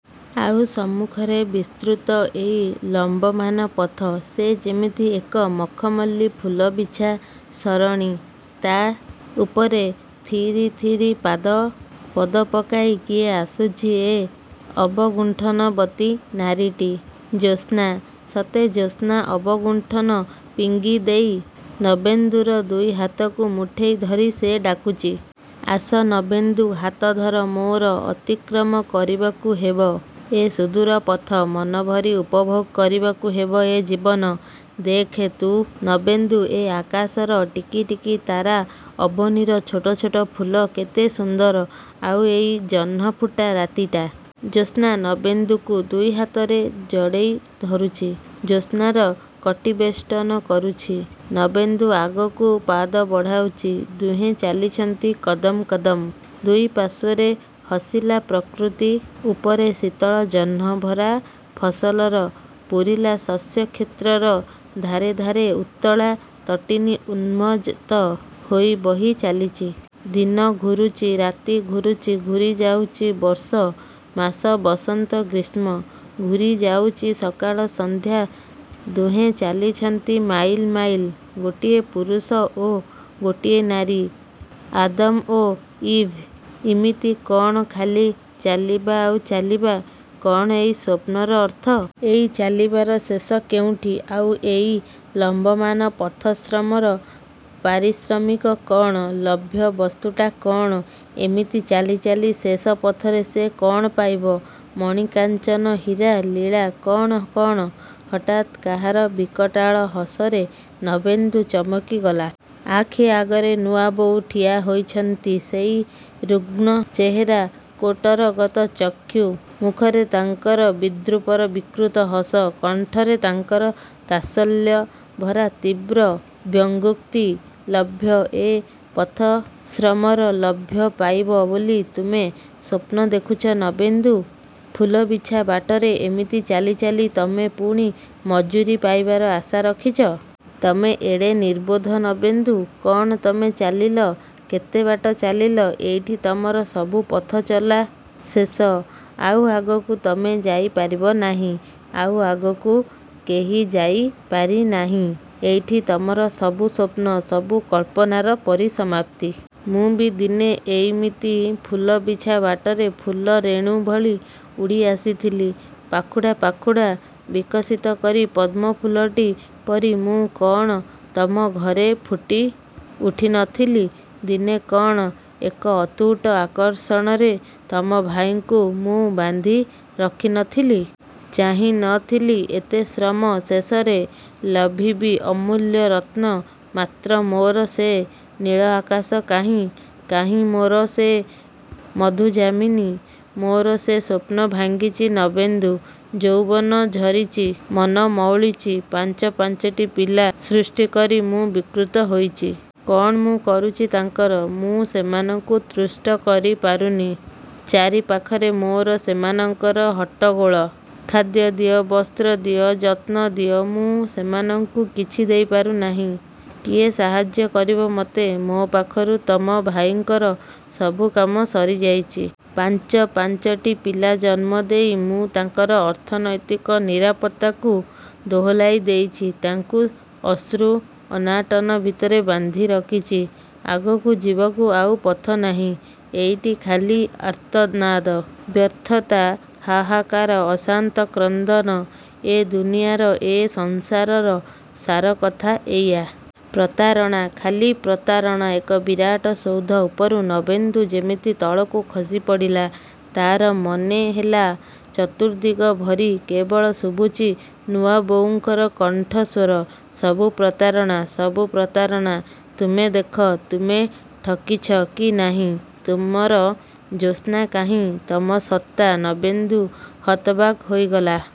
ଆଉ ସମ୍ମୁଖରେ ବିସ୍ତୃତ ଏଇ ଲମ୍ଵମାନ ପଥ। ସେ ଯେମିତି ଏକ ମଖମଲି ଫୁଲବିଛା ସରଣୀ! ତା ଉପରେ ଥିରି ଥିରି ପାଦ ପଦ ପକାଇ କିଏ ଆସୁଚି ଏ ଅବଗୁଣ୍ଠନବତୀ ନାରୀଟି? ଜ୍ୟୋତ୍ସ୍ନା? ସତେ ଜ୍ୟୋତ୍ସ୍ନା, ଅବଗୁଣ୍ଠନ ଫିଙ୍ଗି ଦେଇ ନବେନ୍ଦୁର ଦୁଇ ହାତକୁ ମୁଠେଇ ଧରି ସେ ଡାକୁଚି! ଆସ ନବେନ୍ଦୁ ହାତ ଧର ମୋର ଅତିକ୍ରମ କରିବାକୁ ହେବ ଏ ସୁଦୂର ପଥ। ମନଭରି ଉପଭୋଗ କରିବାକୁ ହେବ ଏ ଜୀବନ। ଦେଖ ତୁ ନବେନ୍ଦୁ, ଏ ଆକାଶର ଟିକି ଟିକି ତାରା ଅବନୀର ଛୋଟ ଛୋଟ ଫୁଲ, କେତେ ସୁନ୍ଦର! ଆଉ ଏଇ ଜହ୍ନଫୁଟା ରାତିଟା? ଜ୍ୟୋତ୍ସ୍ନା ନବେନ୍ଦୁକୁ ଦୁଇ ହାତରେ ଜଡ଼େଇ ଧରୁଛି। ଜ୍ୟୋତ୍ସ୍ନାର କଟିବେଷ୍ଟନ କରୁଛି। ନବେନ୍ଦୁ ଆଗକୁ ପାଦ ବଢ଼ାଉଚି। ଦୁହେଁ ଚାଲିଛନ୍ତି କଦମ୍ କଦମ୍। ଦୁଇ ପାର୍ଶ୍ୱରେ ହସିଲା ପ୍ରକୃତି ଉପରେ ଶୀତଳ ଜହ୍ନ ଭରା ଫସଲର। ପୂରିଲା ଶସ୍ୟକ୍ଷେତ୍ରର ଧାରେ ଧାରେ ଉତ୍ତଳା ତଟିନୀ ଉନ୍ମତ୍ତ ହୋଇ ବହି ଚାଲିଚି। ଦିନ ଘୁରୁଚି, ରାତି ଘୁରୁଚି। ଘୂରି ଯାଉଚି ବର୍ଷ, ମାସ, ବସନ୍ତ, ଗ୍ରୀଷ୍ମ। ଘୂରି ଯାଉଚି ସକାଳ ସନ୍ଧ୍ୟା। ଦୁହେଁ ଚାଲିଛନ୍ତି, ମାଇଲ୍ ମାଇଲ୍। ଗୋଟିଏ ପୁରୁଷ ଓ ଗୋଟିଏ ନାରୀ, ଆଦମ୍ ଓ ଇଭ୍। ଇମିତି କଣ ଖାଲି ଚାଲିବା ଆଉ ଚାଲିବା? କ'ଣ ଏଇ ସ୍ୱପ୍ନର ଅର୍ଥ? ଏଇ ଚାଲିବାର ଶେଷ। କେଉଁଠି? ଆଉ ଏଇ ଲମ୍ବମାନ ପଥଶ୍ରମର ପାରିଶ୍ରମିକ କ'ଣ? ଲଭ୍ୟ ବସ୍ତୁଟା କଣ? ଏମିତି ଚାଲି ଚାଲି ଶେଷ ପଥରେ ସେ କଣ ପାଇବ? ମଣି କାଞ୍ଚନ, ହୀରା, ନୀଳା,? କ'ଣ କ'ଣ? ହଠାତ୍ କାହାର ବିକଟାଳ ହସରେ ନବେନ୍ଦୁ ଚମକିଗଲା। ଆଖି ଆଗରେ ନୂଆବୋଉ ଠିଆ ହୋଇଛନ୍ତି। ସେଇ ରୁଗ୍ଣ ଚେହେରା, କୋଟରଗତ ଚକ୍ଷୁ! ମୁଖରେ ତାଙ୍କର ବିଦ୍ରୂପର ବିକୃତ ହସ। କଣ୍ଠରେ ତାଙ୍କର ତାତ୍ସଲ୍ୟ ଭରା ତୀବ୍ର ବ୍ୟଙ୍ଗୋକ୍ତି। ଲଭ୍ୟ? ଏ ପଥଶ୍ରମର ଲଭ୍ୟ ପାଇବ ବୋଲି ତୁମେ ସ୍ୱପ୍ନ ଦେଖୁଛ ନବେନ୍ଦୁ? ଫୁଲବିଛା ବାଟରେ ଏମିତି ଚାଲି ଚାଲି ତମେ ପୁଣି ମଜୁରୀ ପାଇବାର ଆଶା ରଖିଚ? ତମେ ଏଡ଼େ ନିର୍ବୋଧ ନବେନ୍ଦୁ! କ'ଣ ତମେ ଚାଲିଲ? କେତେ ବାଟ ଚାଲିଲ? ଏଇଠି ତମର ସବୁ ପଥଚଲା ଶେଷ! ଆଉ ଆଗକୁ ତମେ ଯାଇ ପାରିବ ନାହିଁ, ଆଉ ଆଗକୁ କେହି ଯାଇ ପାରିନାହିଁ। ଏଇଠି ତମର ସବୁ ସ୍ୱପ୍ନ, ସବୁ କଳ୍ପନାର ପରିସମାପ୍ତି। ମୁଁ ବି ଦିନେ ଏଇମିତି ଫୁଲବିଛା ବାଟରେ ଫୁଲ ରେଣୁ। ଭଳି ଉଡ଼ି ଆସିଥିଲି। ପାଖୁଡ଼ା ପାଖୁଡ଼ା ବିକଶିତ କରି ପଦ୍ମଫୁଲଟି ପରି ମୁଁ କ'ଣ ତମ ଘରେ ଫୁଟି ଉଠି ନ ଥିଲି? ଦିନେ କଣ ଏକ ଅତୁଟ ଆକର୍ଷଣରେ ତମ ଭାଇଙ୍କୁ ମୁଁ ବାନ୍ଧି ରଖି ନ ଥିଲି? ଚାହିଁ ନ ଥିଲି ଏତେ ଶ୍ରମ ଶେଷରେ ଲଭିବି ଅମୂଲ୍ୟ ରତ୍ନ? ମାତ୍ର ମୋର ସେ ନୀଳ ଆକାଶ କାହିଁ? କାହିଁ ମୋର ସେ ମଧୁ ଯାମିନୀ? ମୋର ସେ ସ୍ୱପ୍ନ ଭାଙ୍ଗିଚି ନବେନ୍ଦୁ। ଯୌବନ ଝରିଚି, ମନ ମଉଳିଚି। ପାଞ୍ଚ ପାଞ୍ଚଟି ପିଲା ସୃଷ୍ଟି କରି ମୁଁ ବିକୃତ ହୋଇଛି। କ'ଣ ମୁଁ କରୁଛି ତାଙ୍କର! ମୁଁ ସେମାନଙ୍କୁ ତୁଷ୍ଟ କରି ପାରୁନି। ଚାରି ପାଖରେ ମୋର ସେମାନଙ୍କର ହଟ୍ଟଗୋଳ। ଖାଦ୍ୟ ଦିଅ, ବସ୍ତ୍ର ଦିଅ, ଯତ୍ନ ଦିଅ! ମୁଁ ସେମାନଙ୍କୁ କିଛି ଦେଇ ପାରୁନାହିଁ। କିଏ ସାହାଯ୍ୟ କରିବ ମତେ? ମୋ ପାଖରୁ ତମ ଭାଇଙ୍କର ସବୁ କାମ ସରିଯାଇଚି। ପାଞ୍ଚ ପାଞ୍ଚଟି ପିଲା ଜନ୍ମଦେଇ ମୁଁ ତାଙ୍କର ଅର୍ଥନୈତିକ ନିରାପତ୍ତାକୁ ଦୋହଲାଇ ଦେଇଛି। ତାଙ୍କୁ ଅଶ୍ରୁ ଅନାଟନ ଭିତରେ ବାନ୍ଧି ରଖିଚି। ଆଗକୁ ଯିବାକୁ ଆଉ ପଥ ନାହିଁ। ଏଇଠି ଖାଲି ଆର୍ତ୍ତନାଦ, ବ୍ୟର୍ଥତା, ହାହାକାର, ଅଶାନ୍ତ କ୍ରନ୍ଦନ। ଏ ଦୁନିଆର, ଏ ସଂସାରର ସାରକଥା ଏଇଆ। ପ୍ରତାରଣା, ଖାଲି ପ୍ରତାରଣା! ଏକ ବିରାଟ ସୌଧ ଉପରୁ ନବେନ୍ଦୁ ଯେମିତି ତଳକୁ ଖସିପଡ଼ିଲା। ତାର ମନେ ହେଲା, ଚତୁର୍ଦ୍ଦିଗ ଭରି କେବଳ ଶୁଭୁଚି ନୂଆବୋଉଙ୍କର କଣ୍ଠସ୍ୱର, ସବୁ ପ୍ରତାରଣା! ସବୁ ପ୍ରତାରଣା! ତୁମେ ଦେଖ, ତୁମେ ଠକିଛ କି ନାହିଁ? ତୁମର ଜ୍ୟୋତ୍ସ୍ନା କାହିଁ? ତମ ସତ୍ତା? ନବେନ୍ଦୁ ହତବାକ୍ ହୋଇଗଲା।